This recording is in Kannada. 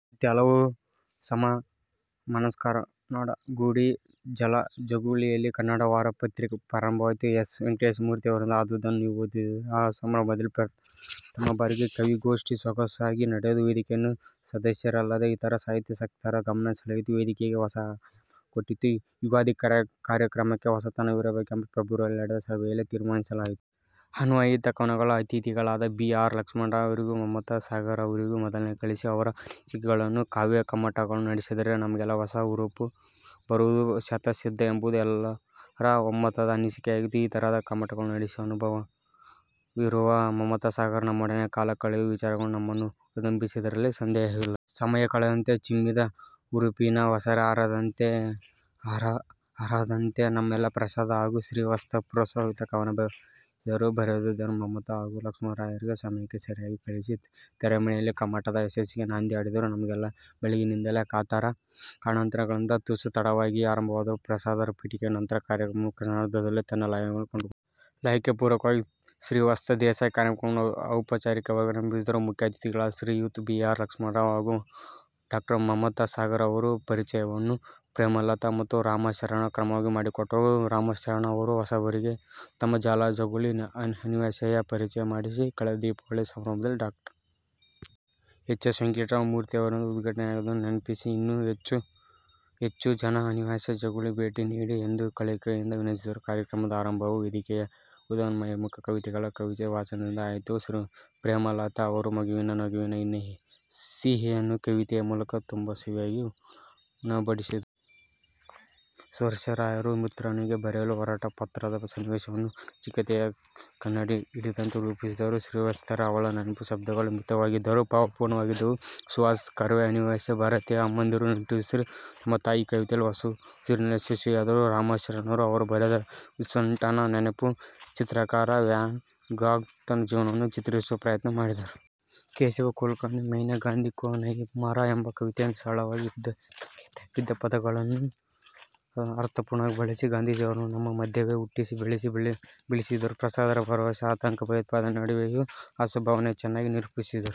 ಮತ್ತೆ ಹಲವು ಸಮ ಮನಸ್ಕರನ್ನೊಡಗೂಡಿ ಜಾಲಜಗುಲಿಯಲ್ಲಿ ಕನ್ನಡ ವಾರಪತ್ರಿಕೆ ಪ್ರಾರಂಭವಾಯಿತು. ಎಸ್. ವೆಂಕಟೇಶಮೂರ್ತಿಯವರಿಂದ ಆದದ್ದನ್ನು ನೀವು ಓದಿದ್ದೀರ. ಆ ಸಮಾರಂಭದಲ್ಲಿ ಪ್ರಥಮ ಬಾರಿಗೆ ಕವಿ ಗೋಷ್ಠಿ ಸೊಗಸಾಗಿ ನಡೆದು, ವೇದಿಕೆಯ ಸದಸ್ಯರಲ್ಲದೇ, ಇತರ ಸಾಹಿತ್ಯಾಸಕ್ತರ ಗಮನ ಸೆಳೆಯಿತು; ವೇದಿಕೆಗೆ ಹೊಸ ಆಯಾಮ ಕೊಟ್ಟಿತು. ಯುಗಾದಿ ಕಾರ್ಯಕ್ರಮಕ್ಕೆ ಹೊಸತನವಿರಬೇಕೆಂದು ಫೆಬ್ರವರಿಯಲ್ಲಿ ನಡೆದ ಸಭೆಯಲ್ಲಿ ತೀರ್ಮಾನಿಸಲಾಯಿತು. ಆಹ್ವಾನಿತ ಕವನಗಳನ್ನು ಅತಿಥಿಗಳಾದ ಬಿ. ಆರ್. ಲಕ್ಷ್ಮಣರಾಯರಿಗೂ, ಮಮತಾ ಸಾಗರ್ ಅವರಿಗೂ ಮೊದಲೇ ಕಳಿಸಿ, ಅವರ ಅನಿಸಿಕೆಗಳನ್ನೂ, ಕಾವ್ಯ ಕಮ್ಮಟವನ್ನೂ ನಡೆಸಿದರೆ, ನಮಗೆಲ್ಲ ಹೊಸ ಹುರುಪು ಬರುವುದು ಶತಃಸಿದ್ಧ ಎಂಬುದು ಎಲ್ಲರ ಒಮ್ಮತದ ಅನಿಸಿಕೆಯಾಗಿತ್ತು. ಈ ತರಹದ ಕಮ್ಮಟಗಳನ್ನು ನಡೆಸಿ ಅನುಭವವಿರುವ ಮಮತಾ ಸಾಗರ್ ನಮ್ಮೊಡನೆ ಕಾಲ ಕಳೆಯುವ ವಿಚಾರ ನಮ್ಮನ್ನು ಹುರಿದುಂಬಿಸಿದ್ದರಲ್ಲಿ ಸಂದೇಹವಿಲ್ಲ. ಸಮಯ ಕಳೆದಂತೆ, ಚಿಮ್ಮಿದ ಹುರುಪಿನ ಒಸರೆ ಆರದಂತೆ ನಮ್ಮನ್ನೆಲ್ಲ ಪ್ರಸಾದ್ ಹಾಗೂ ಶ್ರೀವತ್ಸ ಪ್ರೋತ್ಸಾಹಿಸುತ್ತ ಕವನ ಬರೆಸಿದರು. ಬರೆದಿದ್ದನ್ನು ಮಮತಾ ಹಾಗೂ ಲಕ್ಷ್ಮಣರಾಯರಿಗೆ ಸಮಯಕ್ಕೆ ಸರಿಯಾಗಿ ಕಳಿಸಿ, ತೆರೆಮರೆಯಲ್ಲಿ ಕಮ್ಮಟದ ಯಶಸ್ಸಿಗೆ ನಾಂದಿ ಹಾಡಿದರು. ನಮಗೆಲ್ಲ ಬೆಳಗಿನಿಂದಲೇ ಕಾತರ. ಕಾರಣಾಂತರಗಳಿಂದ ತುಸು ತಡವಾಗಿಯೇ ಆರಂಭವಾದರೂ, ಪ್ರಸಾದರ ಪೀಠಿಕೆಯ ನಂತರ ಕಾರ್ಯಕ್ರಮವು ಕ್ಷಣಾರ್ಧದಲ್ಲಿ ತನ್ನ ಲಯವನ್ನು ಕಂಡುಕೊಂಡಿತು. ಲಯಕ್ಕೆ ಪೂರಕವಾಗಿ ಶ್ರೀವತ್ಸ ದೇಸಾಯಿ ಕಾರ್ಯಕ್ರಮವನ್ನು ಔಪಚಾರಿಕವಾಗಿ ಪ್ರಾರಂಭಿಸಿದರು. ಮುಖ್ಯ ಅತಿಥಿಗಳಾದ ಶ್ರೀಯುತ ಬಿ. ಆರ್. ಲಕ್ಷ್ಮಣರಾವ್ ಹಾಗೂ ಡಾ. ಮಮತಾ ಸಾಗರ ಅವರ ಪರಿಚಯವನ್ನು ಪ್ರೇಮಲತಾ ಮತ್ತು ರಾಮಶರಣ ಕ್ರಮವಾಗಿ ಮಾಡಿಕೊಟ್ಟರು. ರಾಮಶರಣ ಅವರು ಹೊಸಬರಿಗೆ ನಮ್ಮ ಜಾಲಜಗುಲಿ "ಅನಿವಾಸಿ"ಯ ಪರಿಚಯ ಮಾಡಿಸಿ ಕಳೆದ ದೀಪಾವಳಿ ಸಮಾರಂಭದಲ್ಲಿ ಡಾ. ಹೆಚ್ ಎಸ್ ವೆಂಕಟೇಶ ಮೂರ್ತಿಯವರಿಂದ ಉದ್ಘಾಟನೆಯಾದದ್ದನ್ನು ನೆನಪಿಸಿ, ಇನ್ನೂ ಹೆಚ್ಚು ಹೆಚ್ಚು ಜನ "ಅನಿವಾಸಿ" ಜಗುಲಿಗೆ ಭೇಟಿ ನೀಡಿ ಎಂದು ಕಳಕಳಿಯಿಂದ ವಿನಂತಿಸಿದರು. ಕಾರ್ಯಕ್ರಮದ ಆರಂಭವು ವೇದಿಕೆಯ ಉದಯೋನ್ಮುಖ ಕವಿಗಳ ಕವಿತೆ ವಾಚನದಿಂದ ಆಯಿತು. ಪ್ರೇಮಲತಾ ಅವರು ಮಗುವಿನ ನಗುವಿನ ಸಿಹಿಯನ್ನು ಕವಿತೆಯ ಮೂಲಕ ತುಂಬಾ ಸವಿಯಾಗಿ ಉಣಬಡಿಸಿದರು. ಸುದರ್ಶನರಾಯರು ಮಿತ್ರನಿಗೆ ಬರೆಯಲು ಹೊರಟ ಪತ್ರದ ಸನ್ನಿವೇಶವನ್ನು ನೈಜತೆಗೆ ಕನ್ನಡಿ ಹಿಡಿದಂತೆ ನಿರೂಪಿಸಿದರು. ಶ್ರೀವತ್ಸರ 'ಅವಳ ನೆನಪು', ಶಬ್ದಗಳು ಮಿತವಾಗಿದ್ದರೂ ಭಾವಪೂರ್ಣವಾಗಿದ್ದವು. ಸುಹಾಸ ಕರ್ವೆ ಅನಿವಾಸಿ ಭಾರತೀಯರ ಅಮ್ಮಂದಿರ ನಿಟ್ಟುಸಿರನ್ನು ತಮ್ಮ 'ತಾಯಿ' ಕವಿತೆಯಲ್ಲಿ ಹೊರಸೂಸುವಲ್ಲಿ ಯಶಸ್ವಿಯಾದರು. ರಾಮಶರಣ ಅವರು ಬರೆದ 'ವಿನ್ಸೆಂಟನ ನೆನಪು' ಚಿತ್ರಕಾರ ವ್ಯಾನ್ ಗಾಘ್ ನ ಜೀವನವನ್ನು ಚಿತ್ರಿಸುವ ಪ್ರಯತ್ನ ಮಾಡಿತು. ಕೇಶವ ಕುಲಕರ್ಣಿ 'ಮೈನೆ ಗಾಂಧಿ ಕೊ ನಹೀ ಮಾರಾ' ಎಂಬ ಕವಿತೆಯಲ್ಲಿ ಸರಳವಾಗಿ 'ಇದ್ದ, ಎದ್ದ, ಗೆದ್ದ, ಬಿದ್ದ' ಪದಗಳನ್ನು ಅರ್ಥಪೂರ್ಣವಾಗಿ ಬಳಸಿ, ಗಾಂಧೀಜಿಯವರನ್ನು ನಮ್ಮ ಮಧ್ಯವೇ ಹುಟ್ಟಿಸಿ, ಬೆಳೆಸಿ, ಬೀಳಿಸಿದರು. ಪ್ರಸಾದರ 'ಭರವಸೆ' – ಆತಂಕ, ಭಯೋತ್ಪಾದನೆ ನಡುವೆಯೂ ಆಶಾಭಾವನೆಯನ್ನು ಚೆನ್ನಾಗಿ ನಿರೂಪಿಸಿತು.